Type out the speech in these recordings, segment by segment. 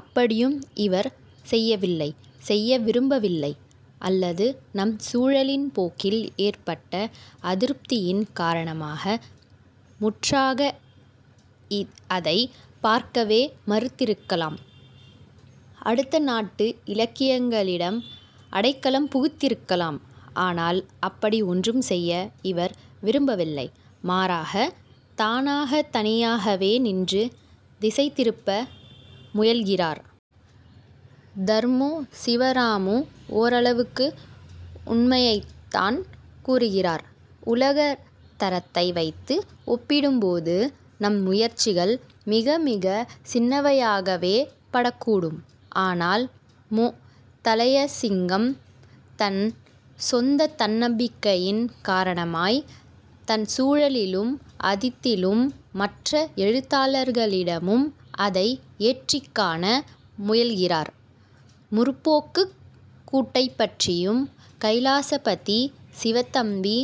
அப்படியும் இவர் செய்யவில்லை, செய்ய விரும்பவில்லை. அல்லது நம் சூழலின் போக்கில் ஏற்பட்ட அதிருப்தியின் காரணமாக முற்றாக அதைப் பார்க்கவே மறுத்திருக்கலாம். அடுத்த நாட்டு இலக்கியங்களிடம் அடைக்கலம் புகுந்திருக்கலாம். ஆனால் அப்படி ஒன்றும் செய்ய இவர் விரும்பவில்லை. மாறாக, தானாகத் தனியாகவே நின்று திசை திருப்ப முயல்கிறார். தர்மு சிவராமு ஓரளவுக்கு உண்மையைத்தான் கூறுகிறார். உலகத் தரத்தை வைத்து ஒப்பிடும்போது நம் முயற்சிகள் மிக மிகச் சின்னவையாகவே படக்கூடும். ஆனால் மு. தளையசிங்கம் தன் சொந்தத் தன்னம்பிக்கையின் காரணமாய் தன் சூழலிலும் அதிலுள்ள மற்ற எழுத்தாளர்களிடமும் அதை ஏற்றிக்காண முயல்கிறார். 'முற்போக்கு'க் கூட்டைப்பற்றியும் கைலாசபதி, சிவத்தம்பி,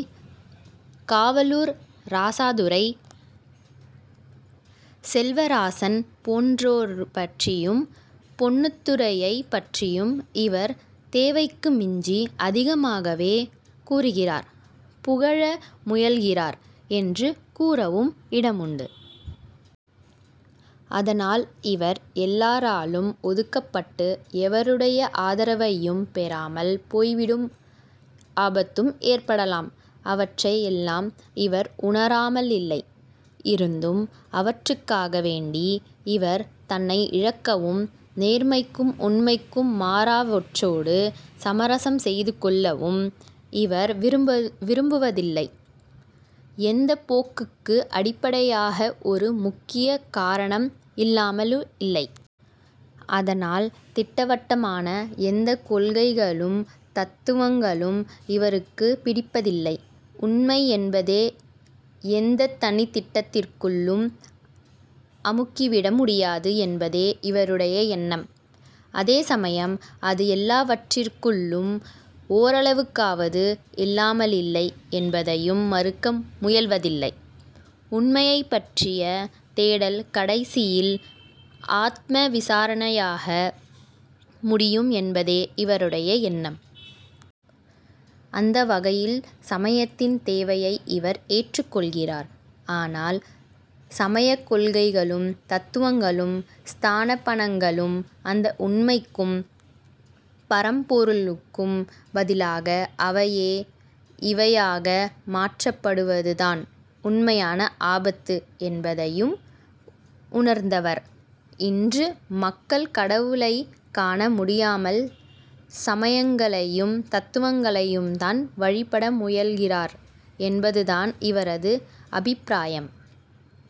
காவலூர் ராசதுரை, செல்வராசன் போன்றோரைப்பற்றியும் பொன்னுத்துரையைப் பற்றியும் இவர் தேவைக்கு மிஞ்சி அதிகமாகவே கூறுகிறார், புகழ முயல்கிறார் என்று கூறவும் இடமுண்டு. அதனால் இவர் எல்லாராலும் ஒதுக்கப்பட்டு எவருடைய ஆதரவையும் பெறாமல் போய்விடும் ஆபத்தும் ஏற்படலாம். அவற்றை எல்லாம் இவர் உணராமலில்லை. இருந்தும் அவற்றுக்காக வேண்டி இவர் தன்னை இழக்கவும், நேர்மைக்கும் உண்மைக்கும் மாறானவற்றோடு சமரசம் செய்துகொள்ளவும் இவர் விரும்புவதில்லை. இந்தப் போக்குக்கு அடிப்படையாக ஒரு முக்கிய காரணம் இல்லாமலில்லை. அதனால் திட்டவட்டமான எந்தக் கொள்கைகளும் தத்துவங்களும் இவருக்குப் பிடிப்பதில்லை. உண்மை என்பதை எந்தத் தனித் திட்டத்துக்குள்ளும் அமுக்கிவிட முடியாது என்பதே இவருடைய எண்ணம். அதே சமயம் அது எல்லாவற்றிற்குள்ளும் ஓரளவுக்காவது இல்லாமலில்லை என்பதையும் மறுக்க முயல்வதில்லை. உண்மையைப்பற்றிய தேடல் கடைசியில் ஆத்ம விசாரணையாக முடியும் என்பதே இவருடைய எண்ணம். அந்த வகையில் சமயத்தின் தேவையை இவர் ஏற்றுக்கொள்கிறார். ஆனால் சமயக்கொள்கைகளும் தத்துவங்களும் ஸ்தாபனங்களும் அந்த உண்மைக்கும் பரம்பொருளுக்கும் பதிலாக அவையே இவையாக மாற்றப்படுவதுதான் உண்மையான ஆபத்து என்பதையும் உணர்ந்தவர். இன்று மக்கள் கடவுளைக் காண முயலாமல் சமயங்களையும் தத்துவங்களையும்தான் வழிபட முயல்கிறார் என்பதுதான் இவரது அபிப்பிராயம்.